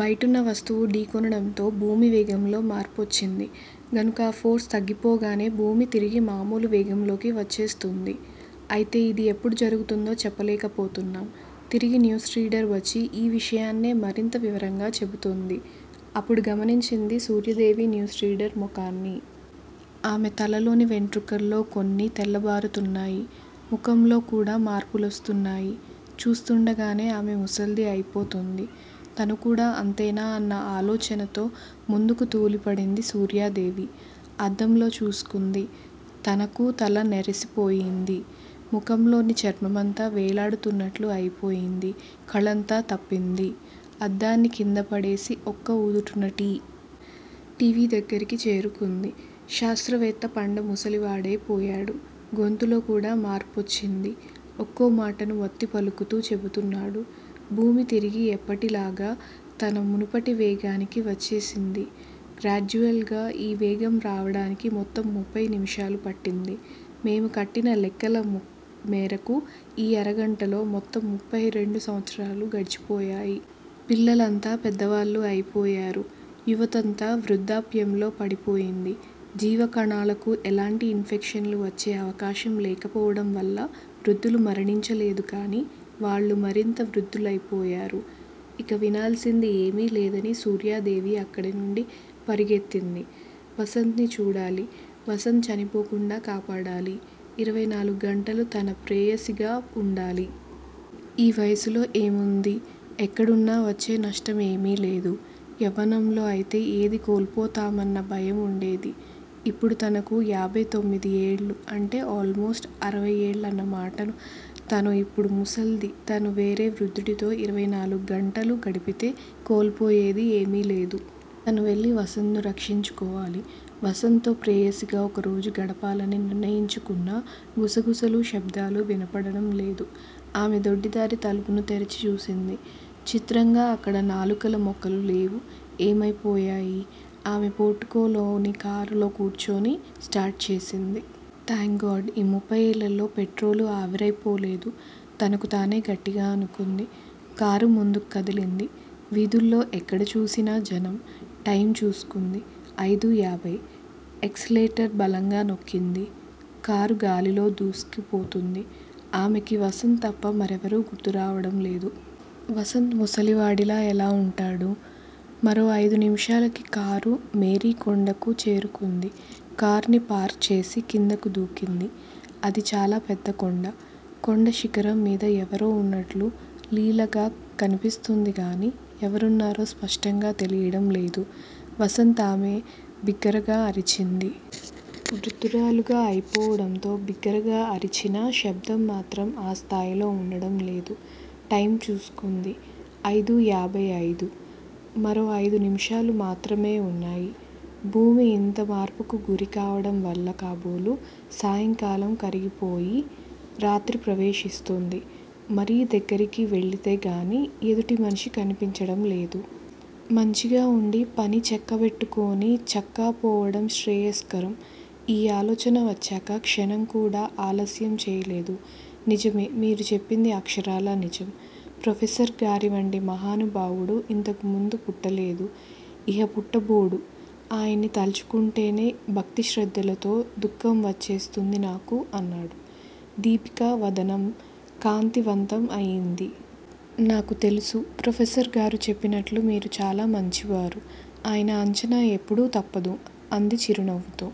బయటున్న వస్తువు ఢీకొనడంతో భూమి వేగంలో మార్పొచ్చింది. గనుక ఆ ఫోర్స్ తగ్గిపోగానే భూమి తిరిగి మామూలు వేగంలోకి వచ్చేస్తుంది. అయితే ఇది ఎప్పుడు జరుగుతుందో చెప్పలేకపోతున్నాం. తిరిగి న్యూస్ రీడర్ వచ్చి ఈ విషయాన్నే మరింత వివరంగా చెబుతోంది. అప్పుడు గమనించింది సూర్యాదేవి న్యూస్ రీడర్ ముఖాన్ని. ఆమె తలలోని వెంట్రుకల్లో కొన్ని తెల్లబారుతున్నాయి. ముఖంలో కూడా మార్పులొస్తున్నాయి. చూస్తుండగానే ఆమె ముసల్ది అయిపోతోంది. తను కూడా అంతేనా అన్న ఆలోచనతో ముందుకు తూలిపడింది సూర్యాదేవి. అద్దంలో చూసుకుంది. తనకూ తల నెరసిపోయింది. ముఖంలోని చర్మమంతా వేలాడుతున్నట్లు అయిపోయింది కళంతా తప్పింది. అద్దాన్ని కిందపడేసి ఒక్క ఉదుటున టీ. వీ. దగ్గరికి చేరుకుంది. శాస్త్రవేత్త పండు ముసలివాడై పోయాడు. గొంతులో కూడా మార్పొచ్చింది. ఒక్కో మాటను వత్తి పలుకుతూ చెబుతున్నాడు. భూమి తిరిగి ఎప్పటిలాగా తన మునుపటి వేగానికి వచ్చేసింది. గ్రాడ్యుయల్ గా ఈ వేగం రావడానికి మొత్తం ముఫ్ఫై నిముషాలు పట్టింది. మేము కట్టిన లెక్కల మేరకు ఈ అరగంటలో మొత్తం ముఫ్ఫై రెండు సంవత్సరాలు గడిచిపోయాయి. పిల్లలంతా పెద్దవాళ్ళు అయిపోయారు. యువతంతా వృద్దాప్యంలో పడిపోయింది. జీవకణాలకు ఎలాంటి ఇన్ఫెక్షన్లు వచ్చే అవకాశం లేకపోవడం వల్ల వృద్దులు మరణించలేదు గానీ వాళ్ళు మరింత వృద్దులైపోయారు. ఇక వినాల్సింది ఏమీలేదని సూర్యాదేవి అక్కడినుండి పరుగెత్తింది. వసంత్ ని చూడాలి. వసంత్ చనిపోకుండా కాపాడాలి. ఇరవై నాలుగు గంటలు తను ప్రేయసిగా వుండిపోవాలి. ఈ వయసులో ఏముంది? ఎక్కడున్నా వచ్చే నష్టం ఏమీలేదు. యవ్వనంలో అయితే ఏది కోల్పోతామన్న భయం వుండేది. ఇప్పుడు తనకు ఏభై తొమ్మిదేళ్ళు అంటే ఆల్ మోస్ట్ అరవై ఏళ్ళన్న మాట తను ఇప్పుడు ముసల్ది తను వేరే వృద్దుడితో ఇరవై నాలుగు గంటలు గడిపితే కోల్పోయేది ఏమీలేదు. తను వెళ్ళి వసంత్ ను రక్షించుకోవాలి. వసంత్ తో ప్రేయసిగా ఒకరోజు గడపాలని నిర్ణయించుకున్నా గుసగుసలు, శబ్దాలు వినపడడం లేదు. ఆమె దొడ్డి దారి తలుపును తెరిచి చూసింది. చిత్రంగా అక్కడ నాలుకల మొక్కలు లేవు. ఏమైపోయాయి? ఆమె పోర్టికోలోని కారులో కూర్చుని స్టార్ట్ చేసింది. థాంక్ గాడ్ ఈ ముఫ్ఫై ఏళ్ళలో పెట్రోలు ఆవిరైపోలేదు తనకు తానే గట్టిగా అనుకుంది. కారు ముందుకి కదిలింది. వీధుల్లో ఎక్కడ చూసినా జనం. టైమ్ చూసుకుంది. అయిదూ యాభై. ఎక్స్ లేటర్ బలంగా నొక్కింది. కారు గాలిలో దూసుకుపోతోంది. ఆమెకి వసంత్ తప్ప మరెవరూ గుర్తు రావడం లేదు. వసంత్ ముసలివాడిలా ఎలా వుంటాడు? మరో అయిదు నిముషాలకి కారు మేరీ కొండకు చేరుకుంది కాఉర్ని పార్క్ చేసి కిందకు దూకింది. అది చాలా పెద్ద కొండ. కొండ శిఖరం మీద ఎవరో వున్నట్లు లీలగా కనిపిస్తోందిగానీ ఎవరున్నారో స్పష్టంగా తెలియడం లేదు. వసంత్ ఆమె బిగ్గరగా అరిచింది. వృద్దురాలుగా అయిపోవడంతో బిగ్గరగా అరిచినా శబ్దం మాత్రం ఆ స్థాయిలో వుండడం లేదు. టైమ్ చూసుకుంది. అయిదూ ఏభై అయిదు. మరో అయిదు నిముషాలు మాత్రమే వున్నాయి. భూమి ఇంత మార్పుకు గురి కావడం వల్ల కాబోలు సాయంకాలం కరిగిపోయి. రాత్రి ప్రవేశిస్తోంది. మరీ దగ్గరికి వెళితేగానీ ఎదుటిమనిషి కనిపించడంలేదు. మంచిగా వుండి పని చక్కబెట్టుకొని చక్కాపోవడం శ్రేయస్కరం! ఈ ఆలోచన వచ్చాక క్షణంకూడా ఆలస్యం చేయలేదు నిజమే మీరు చెప్పింది అక్షరాలా నిజం! ప్రొఫెసర్ గారివంటి మహానుభావుడు ఇంతకుముందు పుట్టలేదు ఇహ పుట్టబోడు ఆయన్ని తలచుకుంటేనే భక్తిశ్రద్ధలతో దుఃఖం వచ్చేస్తుంది నాకు! అన్నాడు. దీపిక వదనం కాంతి వంతం అయింది. 'నాకు తెలుసు ప్రొఫెసర్ గారు చెప్పినట్లు మీరు చాలా మంచివారు ఆయన అంచనా ఎప్పుడూ తప్పదు అంది చిరునవ్వుతో.